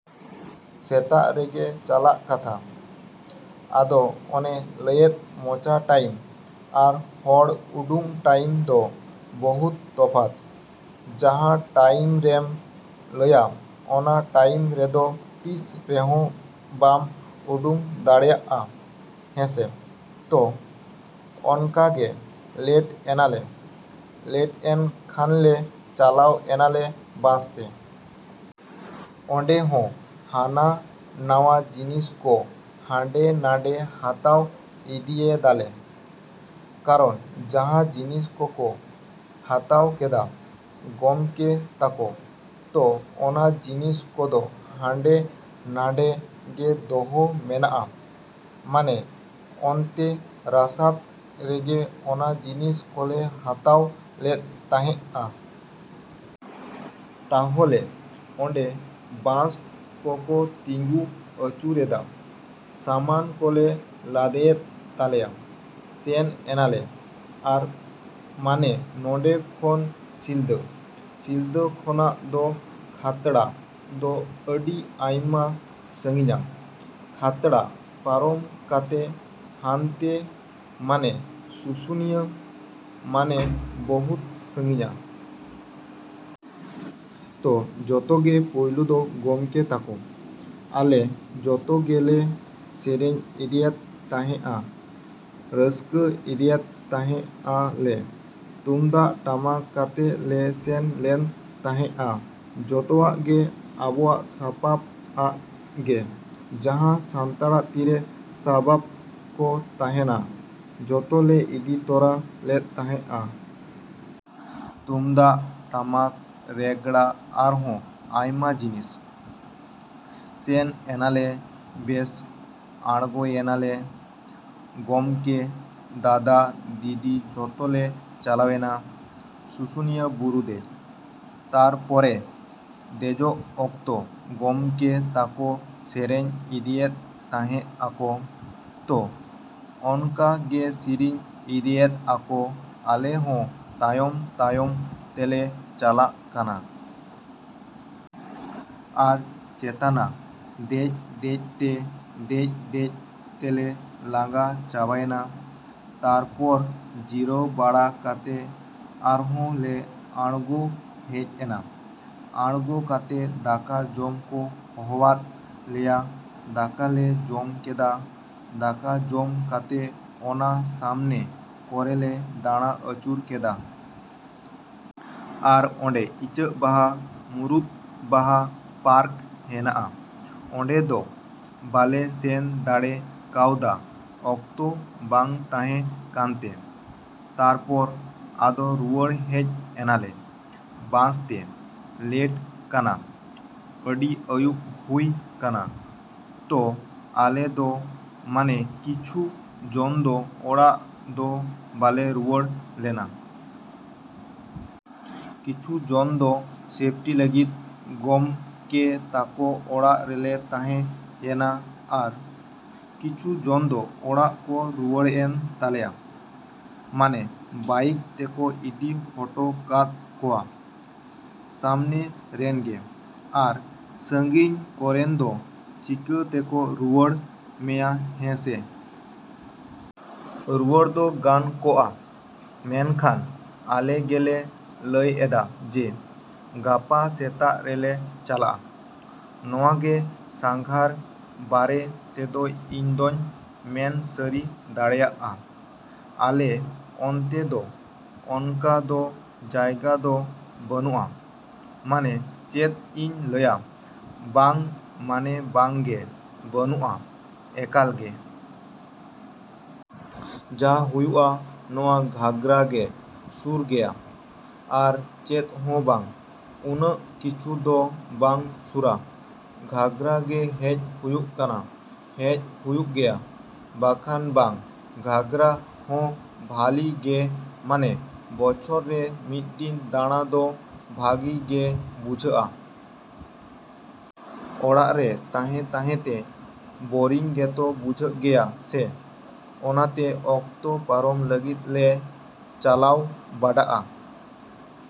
ᱥᱮᱛᱟᱜ ᱨᱮᱜᱮ ᱪᱟᱞᱟᱜ ᱠᱟᱛᱷᱟ᱾ ᱟᱫᱚ ᱚᱱᱮ ᱞᱟᱹᱭᱮᱫ ᱢᱚᱪᱟ ᱴᱟᱹᱭᱤᱢ ᱟᱨ ᱦᱚᱲ ᱩᱰᱩᱝ ᱴᱟᱸᱭᱤᱢ ᱫᱚ ᱵᱚᱦᱩᱛ ᱛᱚᱯᱷᱟᱛ᱾ ᱡᱟᱦᱟᱸ ᱴᱟᱹᱭᱤᱢᱨᱮᱢ ᱞᱟᱹᱭᱟ ᱚᱱᱟ ᱴᱟᱭᱤᱢ ᱨᱮᱫᱚ ᱛᱤᱥ ᱨᱮᱦᱚᱸ ᱵᱟᱢ ᱩᱰᱩᱝ ᱫᱟᱲᱮᱭᱟᱜᱼᱟ ᱦᱮᱸᱥᱮ᱾ ᱛᱚ, ᱚᱱᱠᱟᱜᱮ ᱞᱮᱴ ᱮᱱᱟᱞᱮ᱾ ᱞᱮᱴᱮᱱ ᱠᱷᱟᱱᱞᱮ ᱪᱟᱞᱟᱣ ᱮᱱᱟᱞᱮ ᱵᱟᱥᱛᱮ᱾ ᱚᱸᱰᱮ ᱦᱚᱸ ᱦᱟᱱᱟᱼᱱᱟᱣᱟ ᱡᱤᱱᱤᱥ ᱠᱚ ᱦᱟᱸᱰᱮᱼᱱᱟᱰᱮ ᱦᱟᱛᱟᱣ ᱤᱫᱤᱭᱮᱫᱟᱞᱮ᱾ ᱠᱟᱨᱚᱱ ᱡᱟᱦᱟᱸ ᱡᱤᱱᱤᱥ ᱠᱚᱠᱚ ᱦᱟᱛᱟᱣ ᱠᱮᱫᱟ ᱜᱚᱢᱠᱮ ᱛᱟᱠᱚ, ᱛᱚ, ᱚᱱᱟ ᱡᱤᱱᱤᱥ ᱠᱚᱫᱚ ᱦᱟᱸᱰᱮᱼᱱᱷᱟᱰᱮ ᱜᱮ ᱫᱚᱦᱚ ᱢᱮᱱᱟᱜᱼᱟ᱾ ᱢᱟᱱᱮ ᱚᱱᱛᱮ ᱨᱟᱥᱟᱛ ᱨᱮᱜᱮ ᱚᱱᱟ ᱡᱤᱱᱤᱥ ᱠᱚᱞᱮ ᱦᱟᱛᱟᱣ ᱞᱮᱫ ᱛᱟᱦᱮᱸᱜᱼᱟ᱾ ᱛᱟᱦᱚᱞᱮ ᱚᱸᱰᱮ ᱵᱟᱥ ᱠᱚᱠᱚ ᱛᱤᱸᱜᱩ ᱟᱪᱩᱨᱮᱫᱟ, ᱥᱟᱢᱟᱱ ᱠᱚᱞᱮ ᱞᱟᱫᱮᱭᱮᱫ ᱛᱟᱞᱮᱭᱟ, ᱥᱮᱱ ᱮᱱᱟᱞᱮ᱾ ᱟᱨ ᱢᱟᱱᱮ ᱱᱚᱰᱮ ᱠᱷᱚᱱ ᱥᱤᱞᱫᱟᱹ, ᱥᱤᱞᱫᱟᱹ ᱠᱷᱚᱱᱟᱜ ᱫᱚ ᱠᱷᱟᱛᱲᱟ ᱫᱚ ᱟᱹᱰᱤ ᱟᱭᱢᱟ ᱥᱟᱺᱜᱤᱧᱟ᱾ ᱠᱷᱟᱛᱲᱟ ᱯᱟᱨᱚᱢ ᱠᱟᱛᱮ ᱦᱟᱱᱛᱮ ᱢᱟᱱᱮ ᱥᱩᱥᱩᱱᱤᱭᱟᱹ ᱢᱟᱱᱮ ᱵᱚᱦᱩᱛ ᱥᱟᱺᱜᱤᱧᱟ᱾ ᱛᱚ, ᱡᱚᱛᱚ ᱜᱮ ᱯᱳᱭᱞᱳ ᱫᱚ ᱜᱚᱢᱠᱮ ᱛᱟᱠᱚ, ᱟᱞᱮ ᱡᱚᱛᱚ ᱜᱮᱞᱮ ᱥᱮᱨᱮᱧ ᱤᱫᱤᱭᱮᱛ ᱛᱟᱦᱮᱸᱜᱼᱟ᱾ ᱨᱟᱹᱥᱠᱟᱹ ᱤᱫᱤᱭᱮᱛ ᱛᱟᱦᱮᱸᱜᱼᱟ ᱞᱮ᱾ ᱛᱩᱢᱫᱟᱜ, ᱴᱟᱢᱟᱠ ᱠᱟᱛᱮ ᱞᱮ ᱥᱮᱱ ᱞᱮᱱ ᱛᱟᱦᱮᱸᱜᱼᱟ᱾ ᱡᱚᱛᱚᱣᱟᱜ ᱜᱮ ᱟᱵᱚᱣᱟᱜ ᱥᱟᱯᱟᱵ ᱟᱜ ᱜᱮ᱾ ᱡᱟᱦᱟᱸ ᱥᱟᱱᱛᱟᱲᱟᱜ ᱛᱤᱨᱮ ᱥᱟᱵᱟᱯ ᱠᱚ ᱛᱟᱦᱮᱱᱟ ᱡᱚᱛᱚ ᱞᱮ ᱤᱫᱤ ᱛᱚᱨᱟ ᱞᱮᱫ ᱛᱟᱦᱮᱸᱜᱼᱟ᱾ ᱛᱩᱢᱫᱟᱜ, ᱴᱟᱢᱟᱠ, ᱨᱮᱜᱽᱲᱟ ᱟᱨᱦᱚᱸ ᱟᱭᱢᱟ ᱡᱤᱱᱤᱥ᱾ ᱥᱮᱱ ᱮᱱᱟᱞᱮ ᱵᱮᱥ, ᱟᱬᱜᱚᱭᱮᱱᱟᱞᱮ᱾ ᱜᱚᱢᱠᱮ, ᱫᱟᱫᱟ, ᱫᱤᱫᱤ ᱡᱷᱚᱛᱚ ᱞᱮ ᱪᱟᱞᱟᱣᱮᱱᱟ᱾ ᱥᱩᱥᱩᱱᱤᱭᱟᱹ ᱵᱩᱨᱩ ᱫᱮᱡ᱾ ᱛᱟᱨᱯᱚᱨᱮ ᱫᱮᱡᱚᱜ ᱚᱠᱛᱮ ᱜᱚᱢᱠᱮ ᱛᱟᱠᱚ ᱥᱮᱨᱮᱧ ᱤᱫᱤᱭᱮᱫ ᱛᱟᱦᱮᱸᱜᱼᱟᱠᱚ᱾ ᱛᱚ, ᱚᱱᱠᱟ ᱜᱮ ᱥᱮᱨᱮᱧ ᱤᱫᱤᱭᱮᱫᱟᱠᱚ, ᱟᱞᱮ ᱦᱚᱸ ᱛᱟᱭᱚᱢ, ᱛᱟᱭᱚᱢ ᱛᱮᱞᱮ ᱪᱟᱞᱟᱜ ᱠᱟᱱᱟ᱾ ᱟᱨ ᱪᱮᱛᱟᱱᱟ ᱫᱮᱡ ᱫᱮᱡ ᱛᱮ ᱫᱮᱡ ᱫᱮᱡ ᱛᱮᱞᱮ ᱞᱟᱸᱜᱟ ᱪᱟᱵᱟᱭᱮᱱᱟ᱾ ᱛᱟᱨᱯᱚᱨ ᱡᱤᱨᱟᱹᱣ ᱵᱟᱲᱟ ᱠᱟᱛᱮ ᱟᱨᱦᱚᱸᱞᱮ ᱟᱬᱜᱚ ᱦᱮᱡ ᱮᱱᱟ᱾ ᱟᱬᱜᱚ ᱠᱟᱛᱮ ᱫᱟᱠᱟ ᱡᱚᱢ ᱠᱚ ᱦᱚᱦᱚᱣᱟᱫ ᱞᱮᱭᱟ᱾ ᱫᱟᱠᱟ ᱞᱮ ᱡᱚᱢ ᱠᱮᱫᱟ᱾ ᱫᱟᱠᱟ ᱡᱚᱢ ᱠᱟᱛᱮ ᱚᱱᱟ ᱥᱟᱢᱱᱮ ᱠᱚᱨᱮᱞᱮ ᱫᱟᱬᱟ ᱟᱹᱪᱩᱨ ᱠᱮᱫᱟ᱾ ᱟᱨ ᱚᱸᱰᱮ ᱤᱪᱟᱹᱜ ᱵᱟᱦᱟ, ᱢᱩᱨᱩᱫ ᱵᱟᱦᱟ ᱯᱟᱨᱠ ᱦᱮᱱᱟᱜᱼᱟ᱾ ᱚᱸᱰᱮ ᱫᱚ ᱵᱟᱞᱮ ᱥᱮᱱ ᱫᱟᱲᱮ ᱠᱟᱣᱫᱟ ᱚᱠᱛᱚ ᱵᱟᱝ ᱛᱟᱦᱮᱸ ᱠᱟᱱᱛᱮ᱾ ᱛᱟᱨᱯᱚᱨ ᱟᱫᱚ ᱨᱩᱣᱟᱹᱲ ᱦᱮᱡ ᱮᱱᱟᱞᱮ᱾ ᱵᱟᱥᱛᱮ, ᱞᱮᱴ ᱠᱟᱱᱟ, ᱟᱹᱰᱤ ᱟᱹᱭᱩᱵ ᱦᱩᱭ ᱠᱟᱱᱟ᱾ ᱛᱚ ᱟᱞᱮ ᱫᱚ ᱢᱟᱱᱮ ᱠᱤᱪᱷᱩ ᱡᱚᱱ ᱫᱚ ᱚᱲᱟᱜ ᱫᱚ ᱵᱟᱞᱮ ᱨᱩᱣᱟᱹᱲ ᱞᱮᱱᱟ᱾ ᱠᱤᱪᱷᱩ ᱡᱚᱱ ᱫᱚ ᱥᱮᱯᱴᱤ ᱞᱟᱹᱜᱤᱫ ᱜᱚᱢᱠᱮ ᱛᱟᱠᱚ ᱚᱲᱟᱜ ᱨᱮᱞᱮ ᱛᱟᱦᱮᱸ ᱭᱮᱱᱟ᱾ ᱟᱨ ᱠᱤᱪᱷᱩ ᱡᱚᱱ ᱫᱚ ᱚᱲᱟᱜ ᱠᱚ ᱨᱩᱣᱟᱹᱲᱮᱱ ᱛᱟᱞᱮᱭᱟ᱾ ᱢᱟᱱᱮ ᱵᱟᱭᱤᱠ ᱛᱮᱠᱚ ᱤᱫᱤ ᱦᱚᱴᱚ ᱠᱟᱫ ᱠᱚᱣᱟ᱾ ᱥᱟᱢᱱᱮ ᱨᱮᱱᱜᱮ, ᱾ᱟᱨ ᱥᱟᱺᱜᱤᱧ ᱠᱚᱨᱮᱱ ᱫᱚ ᱪᱤᱠᱟᱹᱛᱮᱠᱚ ᱨᱩᱣᱟᱹᱲ ᱢᱮᱭᱟ ᱦᱮᱸᱥᱮ᱾ ᱨᱩᱣᱟᱹᱲ ᱫᱚ ᱜᱟᱱ ᱠᱚᱜᱼᱟ, ᱢᱮᱱᱠᱷᱟᱱ ᱟᱞᱮ ᱜᱮᱞᱮ ᱞᱟᱹᱭᱮᱫᱟ ᱡᱮ, ᱜᱟᱯᱟ ᱥᱮᱛᱟᱜ ᱨᱮᱞᱮ ᱪᱟᱞᱟᱜᱼᱟ᱾ ᱱᱚᱣᱟ ᱜᱮ ᱥᱟᱸᱜᱷᱟᱨ ᱵᱟᱨᱮ ᱛᱮᱫᱚ ᱤᱧᱫᱚᱹᱧ ᱢᱮᱱ ᱥᱟᱹᱨᱤ ᱫᱟᱲᱮᱭᱟᱜᱼᱟ᱾ ᱟᱞᱮ ᱚᱱᱛᱮ ᱫᱚ ᱚᱱᱠᱟ ᱫᱚ ᱡᱟᱭᱜᱟ ᱫᱚ ᱵᱟᱹᱱᱩᱜᱼᱟ᱾ ᱢᱟᱱᱮ ᱪᱮᱫ ᱤᱧ ᱞᱟᱹᱭᱟ ᱵᱟᱝ ᱢᱟᱱᱮ ᱵᱟᱝ ᱜᱮ, ᱵᱟᱹᱱᱩᱜᱼᱟ ᱮᱠᱟᱞ ᱜᱮ᱾ ᱡᱟ ᱦᱩᱭᱩᱜᱼᱟ ᱱᱚᱣᱟ ᱜᱷᱟᱜᱽᱨᱟ ᱜᱮ ᱥᱩᱨ ᱜᱮᱭᱟ᱾ ᱟᱨ ᱪᱮᱫ ᱦᱚᱸ ᱵᱟᱝ᱾ ᱩᱱᱟᱹᱜ ᱠᱤᱪᱷᱩ ᱫᱚ ᱵᱟᱝ ᱥᱩᱨᱟ᱾ ᱜᱷᱟᱜᱽᱨᱟ ᱜᱮ ᱦᱮᱡ ᱦᱩᱭᱩᱜ ᱠᱟᱱᱟ, ᱦᱮᱡ ᱦᱩᱭᱩᱜ ᱜᱮᱭᱟ ᱵᱟᱠᱷᱟᱱ ᱵᱟᱝ᱾ ᱜᱷᱟᱜᱽᱨᱟ ᱦᱚᱸ ᱵᱷᱟᱞᱤᱜᱮ ᱢᱟᱱᱮ ᱵᱚᱪᱷᱚᱨ ᱨᱮ ᱢᱤᱫ ᱫᱤᱱ ᱫᱟᱬᱟ ᱫᱚ ᱵᱷᱟᱜᱤ ᱜᱮ ᱵᱩᱡᱷᱟᱹᱜᱼᱟ᱾ ᱚᱲᱟᱜ ᱨᱮ ᱛᱟᱦᱮᱸ ᱛᱟᱦᱮᱸ ᱛᱮ ᱵᱳᱨᱤᱝ ᱜᱮᱛᱚ ᱵᱩᱡᱷᱟᱹᱜ ᱜᱮᱭᱟ ᱥᱮ᱾ ᱚᱱᱟᱛᱮ ᱚᱠᱛᱚ ᱯᱟᱨᱚᱢ ᱞᱟᱹᱜᱤᱫ ᱞᱮ ᱪᱟᱞᱟᱣ ᱵᱟᱰᱟᱜ-ᱟ᱾